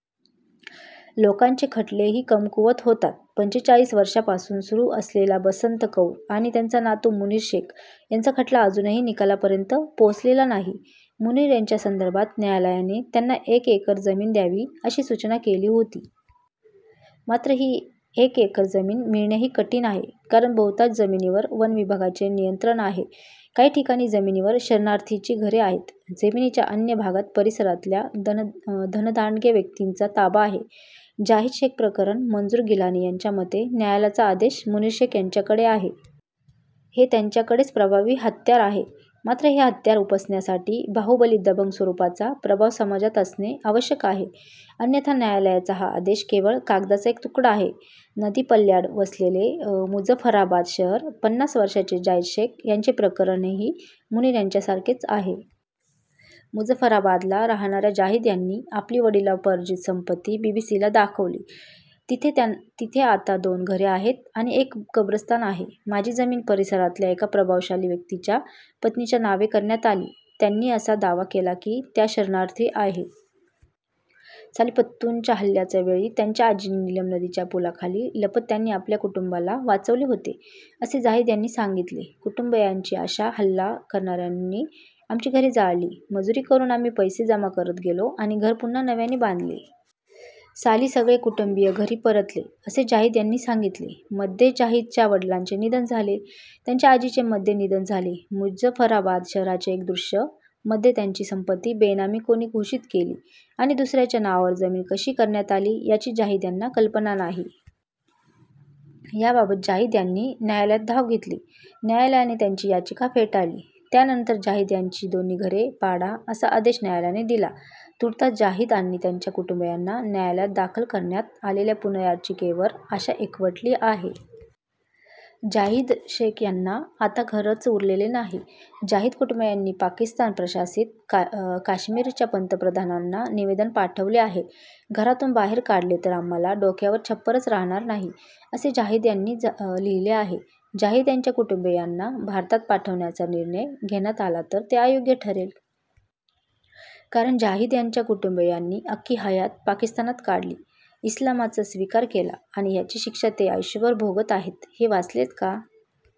लोकांचे खटलेही कमकुवत होतात. पंचेचाळीस वर्षांपासून सुरू असलेला बसंत कौर आणि त्यांचा नातू मुनीर शेख यांचा खटला अजूनही निकालापर्यंत पोहोचलेला नाही. मुनीर यांच्यासंदर्भात न्यायालयाने त्यांना एक एकर जमीन द्यावी, अशी सूचना केली होती. मात्र ही एक एकर जमीन मिळणेही कठीण आहे, कारण बहुतांश जमिनीवर वन विभागाचे नियंत्रण आहे. काही ठिकाणी जमिनीवर शरणार्थींची घरे आहेत. जमिनीच्या अन्य भागात परिसरातल्या धनदांडग्या व्यक्तींचा ताबा आहे. जाहिद शेख प्रकरण - मंजूर गिलानी यांच्या मते, "न्यायालयाचा आदेश मुनीर शेख यांच्याकडे आहे. हे त्यांच्याकडचे प्रभावी हत्यार आहे. मात्र हे हत्यार उपसण्यासाठी बाहुबली दबंग स्वरूपाचा प्रभाव समाजात असणे आवश्यक आहे. अन्यथा न्यायालयाचा हा आदेश केवळ कागदाचा एक तुकडा आहे." नदीपल्याड वसलेले मुझफ्फराबाद शहर - पन्नास वर्षांचे जाहिद शेख यांचे प्रकरणही मुनीर यांच्यासारखेच आहे. मुझफ्फराबादला राहणाऱ्या जाहिद यांनी आपली वडिलोपार्जित संपत्ती बीबीसीला दाखवली. तिथे आता दोन घरे आहेत आणि एक कब्रस्तान आहे. "माझी जमीन परिसरातल्या एका प्रभावशाली व्यक्तीच्या पत्नीच्या नावे करण्यात आली. त्यांनी असा दावा केला की त्या शरणार्थी आहेत. साली पश्तूंच्या हल्ल्याच्या वेळी त्यांच्या आजीने नीलम नदीच्या पुलाखाली लपत त्यांनी आपल्या कुटुंबाला वाचवले होते," असे जाहिद यांनी सांगितले. कुटुंबीयांची आशा - "हल्ला करणाऱ्यांनी आमची घरे जाळली. मजुरी करून आम्ही पैसे जमा करत गेलो आणि घर पुन्हा नव्याने बांधले. साली सगळे कुटुंबीय घरी परतले," असे जाहिद यांनी सांगितले. मध्ये जाहिदच्या वडिलांचे निधन झाले. त्यांच्या आजीचे मध्ये निधन झाले. मुझफ्फराबाद शहराचे एक दृश्य - मध्ये त्यांची संपत्ती बेनामी कोणी घोषित केली आणि दुसऱ्याच्या नावावर जमीन कशी करण्यात आली, याची जाहिद यांना कल्पना नाही. याबाबत जाहिद यांनी न्यायालयात धाव घेतली. न्यायालयाने त्यांची याचिका फेटाळली. त्यानंतर जाहिद यांची दोन्ही घरे पाडा, असा आदेश न्यायालयाने दिला. तूर्तास जाहिद आणि त्यांच्या कुटुंबीयांना न्यायालयात दाखल करण्यात आलेल्या पुनर्याचिकेवर आशा एकवटली आहे. जाहिद शेख यांना आता घरच उरलेले नाही - जाहिद कुटुंबीयांनी पाकिस्तान-प्रशासित काश्मीरच्या पंतप्रधानांना निवेदन पाठवले आहे. घरातून बाहेर काढले तर आम्हाला डोक्यावर छप्परच राहणार नाही, असे जाहिद यांनी लिहिले आहे. जाहिद यांच्या कुटुंबीयांना भारतात पाठवण्याचा निर्णय घेण्यात आला तर ते अयोग्य ठरेल. कारण जाहिद यांच्या कुटुंबीयांनी अख्खी हयात पाकिस्तानात काढली, इस्लामचा स्वीकार केला आणि याची शिक्षा ते आयुष्यभर भोगत आहेत. हे वाचलेत का?